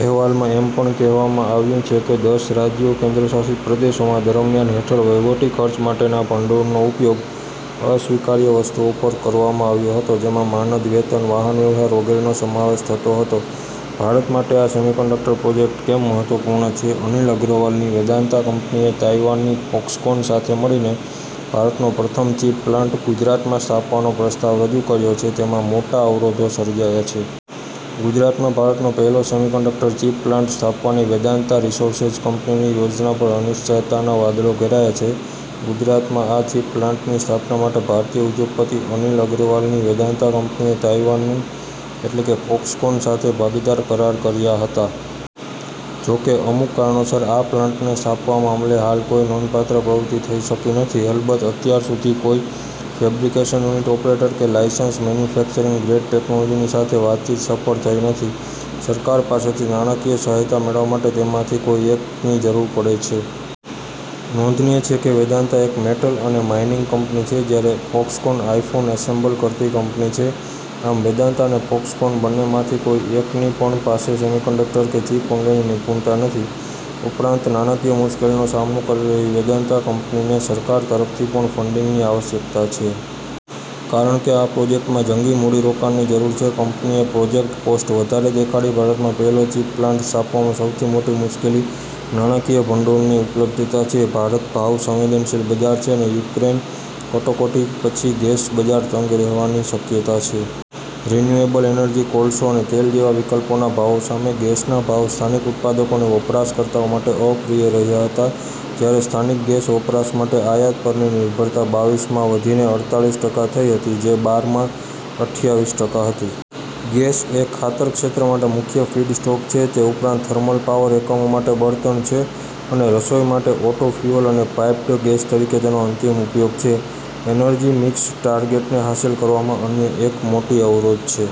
અહેવાલમાં એમ પણ કહેવામાં આવ્યું છે કે દસ રાજ્યો/ કેન્દ્રશાસિત પ્રદેશોમાં, દરમિયાન હેઠળ વહીવટી ખર્ચ માટેના ભંડોળનો ઉપયોગ "અસ્વીકાર્ય વસ્તુઓ" પર કરવામાં આવ્યો હતો. જેમાં માનદ વેતન, વાહનવ્યવહાર વગેરેનો સમાવેશ થતો હતો. ભારત માટે આ સેમીકન્ડક્ટર પ્રોજેક્ટ કેમ મહત્વપૂર્ણ છે: અનિલ અગ્રવાલની વેદાંતા કંપનીએ તાઇવાનની ફોક્સકોન સાથે મળીને ભારતનો પ્રથમ ચીપ પ્લાન્ટ ગુજરાતમાં સ્થાપવાનો પ્રસ્તાવ રજૂ કર્યો છે, તેમાં મોટા અવરોધો સર્જાયા છે. ગુજરાતમાં ભારતનો પહેલો સેમીકન્ડક્ટર ચીપ પ્લાન્ટ સ્થાપવાની વેદાંતા રિસોર્સેઝ કંપનીની યોજના પર અનિશ્ચિતતાના વાદળો ઘેરાયા છે. ગુજરાતમાં આ ચીપ પ્લાન્ટની સ્થાપના માટે ભારતીય ઉદ્યોગપતિ અનિલ અગ્રવાલની વેદાંતા કંપનીએ તાઇવાનની એટલે કે ફોક્સકોન સાથે ભાગીદાર કરાર કર્યા હતા. જો કે અમુક કારણોસર આ પ્લાન્ટને સ્થાપવા મામલે હાલ કોઇ નોંધપાત્ર પ્રગતિ થઇ શકી નથી. અલબત્ત અત્યાર સુધી કોઇ ફેબ્રિકેશન યુનિટ ઓપરેટર કે લાઇસન્સ મેન્યુફેક્ચરિંગ ગ્રેડ ટેકનોલોજીની સાથે વાતચીત સફળ થઇ નથી. સરકાર પાસેથી નાણાંકીય સહાયતા મેળવવા માટે તેમાંથી કોઇ એકની જરૂર પડે છે. નોંધનિય છે કે, વેદાંતા એક મેટલ અને માઇનિંગ કંપની છે જ્યારે ફોક્સકોન આઇફોન એસેમ્બલ કરતી કંપની છે. આમ વેદાંતા અને ફોક્સકોન બંનેમાંથી કોઇ એકની પણ પાસે સેમીકન્ડક્ટર કે ચીપ અંગેની નિપુણતા નથી. ઉપરાંત નાણાંકીય મુશ્કેલીનો સામનો કરી રહેલી વેદાંતા કંપનીને સરકાર તરફથી પણ ફંડિગની આવશ્યકતા છે. કારણ કે આ પ્રોજેક્ટમાં જંગી મૂડીરોકાણની જરૂર છે. કંપનીએ પ્રોજેક્ટ કોસ્ટ વધારે દેખાડી. ભારતમાં પહેલો ચીપ પ્લાન્ટ સ્થાપવામાં સૌથી મોટી મુશ્કેલી નાણાંકીય ભંડોળની ઉપલબ્ધતા છે. ભારત ભાવ સંવેદનશીલ બજાર છે અને યુક્રેન કટોકટી પછી ગેસ બજાર તંગ રહેવાની શક્યતા છે. રિન્યુએબલ એનર્જી, કોલસો અને તેલ જેવા વિકલ્પોના ભાવો સામે ગેસના ભાવ સ્થાનિક ઉત્પાદકો અને વપરાશકર્તાઓ માટે અપ્રિય રહ્યા હતા, ત્યારે સ્થાનિક ગેસ વપરાશ માટે આયાત પરની નિર્ભરતા બાવીસમાં વધીને અડતાલીસ ટકા થઈ હતી જે બાર માં અઠ્યાવીસ ટકા હતી. ગેસ એ ખાતર ક્ષેત્ર માટે મુખ્ય ફીડસ્ટોક છે, તે ઉપરાંત થર્મલ પાવર એકમો માટે બળતણ છે, અને રસોઈ માટે ઓટો ફ્યુઅલ અને પાઇપ્ડ ગેસ તરીકે તેનો અંતિમ ઉપયોગ છે. એનર્જી મિક્સ ટાર્ગેટને હાંસલ કરવામાં અન્ય એક મોટી અવરોધ છે.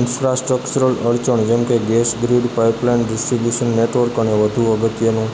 ઇન્ફ્રાસ્ટ્રક્ચરલ અડચણ જેમ કે gas grid, pipeline, distribution network અને વધુ અગત્યનું.